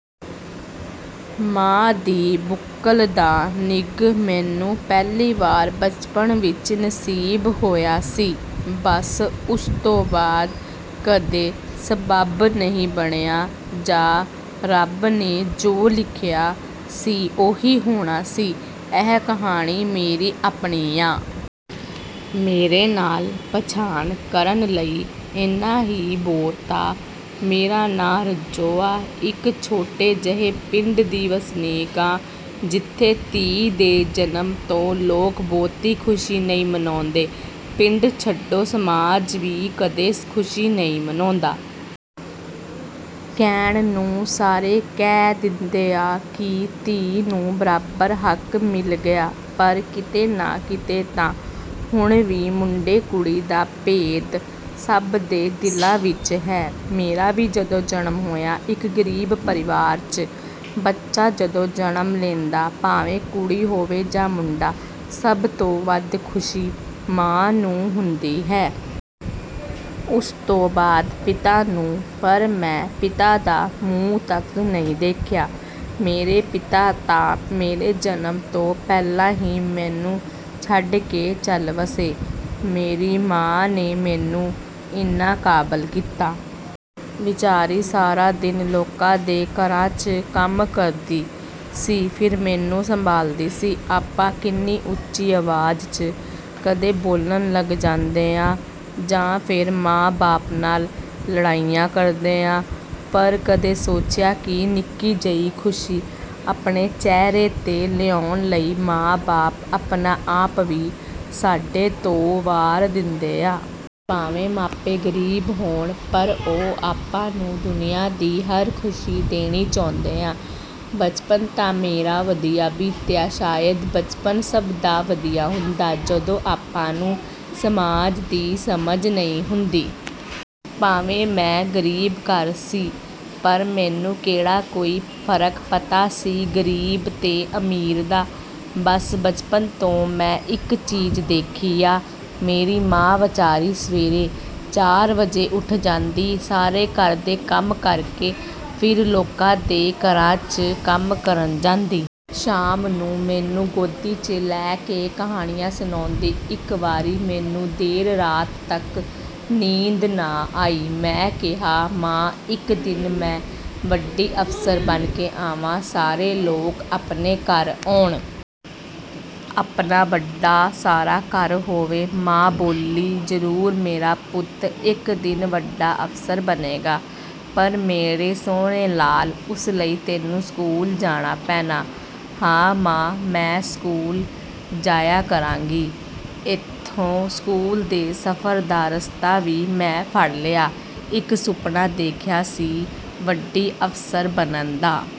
ਮਾਂ ਦੀ ਬੁੱਕਲ ਦਾ ਨਿੱਘ ਮੈਨੂੰ ਪਹਿਲੀ ਵਾਰ ਬਚਪਨ ਵਿੱਚ ਹੀ ਨਸੀਬ ਹੋਇਆ ਸੀ। ਬਸ, ਉਸ ਤੋਂ ਬਾਅਦ ਕਦੇ ਸਬੱਬ ਨਹੀਂ ਬਣਿਆ, ਜਾਂ ਰੱਬ ਨੇ ਜੋ ਲਿਖਿਆ ਸੀ ਉਹੀ ਹੋਣਾ ਸੀ। ਇਹ ਕਹਾਣੀ ਮੇਰੀ ਆਪਣੀ ਆਂ। ਮੇਰੇ ਨਾਲ ਪਛਾਣ ਕਰਨ ਲਈ ਇੰਨਾ ਹੀ ਬਹੁਤ ਆ। ਮੇਰਾ ਨਾਂ ਰੱਜੋ ਆ, ਇਕ ਛੋਟੇ ਜਿਹੇ ਪਿੰਡ ਦੀ ਵਸਨੀਕ ਆਂ, ਜਿੱਥੇ ਧੀ ਦੇ ਜਨਮ 'ਤੇ ਲੋਕ ਬਹੁਤੀ ਖੁਸ਼ੀ ਨਹੀਂ ਮਨਾਉਂਦੇ। ਪਿੰਡ ਛੱਡੋ, ਸਮਾਜ ਵੀ ਕਦੇ ਖੁਸ਼ੀ ਨਹੀਂ ਮਨਾਉਂਦਾ। ਕਹਿਣ ਨੂੰ ਸਾਰੇ ਕਹਿ ਦਿੰਦੇ ਆ ਕਿ ਧੀ ਨੂੰ ਬਰਾਬਰ ਹੱਕ ਮਿਲ ਗਿਆ ਪਰ ਕਿਤੇ ਨਾ ਕਿਤੇ ਤਾਂ ਹੁਣ ਵੀ ਮੁੰਡੇ-ਕੁੜੀ ਦਾ ਭੇਤ ਸਭ ਦੇ ਦਿਲਾਂ ਵਿੱਚ ਹੈ। ਮੇਰਾ ਵੀ ਜਦੋਂ ਜਨਮ ਹੋਇਆ, ਇਕ ਗਰੀਬ ਪਰਿਵਾਰ 'ਚ ਬੱਚਾ ਜਦੋਂ ਜਨਮ ਲੈਂਦਾ, ਭਾਵੇਂ ਕੁੜੀ ਹੋਵੇ ਜਾਂ ਮੁੰਡਾ, ਸਭ ਤੋਂ ਵੱਧ ਖੁਸ਼ੀ ਮਾਂ ਨੂੰ ਹੁੰਦੀ ਹੈ। ਉਸ ਤੋਂ ਬਾਅਦ ਪਿਤਾ ਨੂੰ। ਪਰ, ਮੈਂ ਪਿਤਾ ਦਾ ਮੂੰਹ ਤੱਕ ਨਹੀਂ ਦੇਖਿਆ। ਮੇਰੇ ਪਿਤਾ ਤਾਂ ਮੇਰੇ ਜਨਮ ਤੋਂ ਪਹਿਲਾਂ ਹੀ ਮੈਨੂੰ ਛੱਡ ਕੇ ਚੱਲ ਵੱਸੇ। ਮੇਰੀ ਮਾਂ ਨੇ ਮੈਨੂੰ ਇੰਨਾ ਕਾਬਲ ਕੀਤਾ। ਵਿਚਾਰੀ ਸਾਰਾ ਦਿਨ ਲੋਕਾਂ ਦੇ ਘਰਾਂ 'ਚ ਕੰਮ ਕਰਦੀ ਸੀ, ਫਿਰ ਮੈਨੂੰ ਸੰਭਾਲਦੀ ਸੀ। ਆਪਾਂ ਕਿੰਨੀ ਉੱਚੀ ਆਵਾਜ਼ 'ਚ ਕਦੇ ਬੋਲਣ ਲੱਗ ਜਾਂਦੇ ਆਂ ਜਾਂ ਫਿਰ ਮਾਂ-ਬਾਪ ਨਾਲ ਲੜਾਈਆਂ ਕਰਦੇ ਆਂ, ਪਰ ਕਦੇ ਸੋਚਿਆ ਕਿ ਨਿੱਕੀ ਜਿਹੀ ਖੁਸ਼ੀ ਆਪਣੇ ਚਿਹਰੇ 'ਤੇ ਲਿਆਉਣ ਲਈ ਮਾਂ-ਬਾਪ ਆਪਣਾ ਆਪ ਵੀ ਸਾਡੇ ਤੋਂ ਵਾਰ ਦਿੰਦੇ ਆ। ਭਾਵੇਂ ਮਾਪੇ ਗਰੀਬ ਹੋਣ, ਪਰ ਉਹ ਆਪਾਂ ਨੂੰ ਦੁਨੀਆ ਦੀ ਹਰ ਖੁਸ਼ੀ ਦੇਣੀ ਚਾਹੁੰਦੇ ਆ। ਬਚਪਨ ਤਾਂ ਮੇਰਾ ਵਧੀਆ ਬੀਤਿਆ। ਸ਼ਾਇਦ ਬਚਪਨ ਸਭ ਦਾ ਵਧੀਆ ਹੁੰਦਾ, ਜਦੋਂ ਆਪਾਂ ਨੂੰ ਸਮਾਜ ਦੀ ਸਮਝ ਨਹੀਂ ਹੁੰਦੀ। ਭਾਵੇਂ ਮੈਂ ਗਰੀਬ ਘਰ ਸੀ, ਪਰ ਮੈਨੂੰ ਕਿਹੜਾ ਕੋਈ ਫਰਕ ਪਤਾ ਸੀ ਗਰੀਬ ਤੇ ਅਮੀਰ ਦਾ। ਬਸ ਬਚਪਨ ਤੋਂ ਮੈਂ ਇਕ ਚੀਜ਼ ਦੇਖੀ ਆ। ਮੇਰੀ ਮਾਂ ਵਿਚਾਰੀ ਸਵੇਰੇ ਚਾਰ ਵਜੇ ਉੱਠ ਜਾਂਦੀ, ਸਾਰੇ ਘਰ ਦੇ ਕੰਮ ਕਰ ਕੇ ਫਿਰ ਲੋਕਾਂ ਦੇ ਘਰਾਂ 'ਚ ਕੰਮ ਕਰਨ ਜਾਂਦੀ। ਸ਼ਾਮ ਨੂੰ ਮੈਨੂੰ ਗੋਦੀ 'ਚ ਲੈ ਕੇ ਕਹਾਣੀਆਂ ਸੁਣਾਉਂਦੀ। ਇਕ ਵਾਰੀ ਮੈਨੂੰ ਦੇਰ ਰਾਤ ਤੱਕ ਨੀਂਦ ਨਾ ਆਈ। ਮੈਂ ਕਿਹਾ, ''ਮਾਂ, ਇਕ ਦਿਨ ਮੈਂ ਵੱਡੀ ਅਫ਼ਸਰ ਬਣ ਕੇ ਆਵਾਂ। ਸਾਰੇ ਲੋਕ ਆਪਣੇ ਘਰ ਆਉਣ। ਆਪਣਾ ਵੱਡਾ ਸਾਰਾ ਘਰ ਹੋਵੇ।'' ਮਾਂ ਬੋਲੀ, ''ਜ਼ਰੂਰ ਮੇਰਾ ਪੁੱਤ ਇਕ ਦਿਨ ਵੱਡਾ ਅਫ਼ਸਰ ਬਣੇਗਾ। ਪਰ ਮੇਰੇ ਸੋਹਣੇ ਲਾਲ, ਉਸ ਲਈ ਤੈਨੂੰ ਸਕੂਲ ਜਾਣਾ ਪੈਣਾ।'' ''ਹਾਂ ਮਾਂ, ਮੈਂ ਸਕੂਲ ਜਾਇਆ ਕਰਾਂਗੀ।'' ਇੱਥੋਂ ਸਕੂਲ ਦੇ ਸਫ਼ਰ ਦਾ ਰਸਤਾ ਵੀ ਮੈਂ ਫੜ ਲਿਆ। ਇਕ ਸੁਪਨਾ ਦੇਖਿਆ ਸੀ- ਵੱਡੀ ਅਫ਼ਸਰ ਬਣਨ ਦਾ।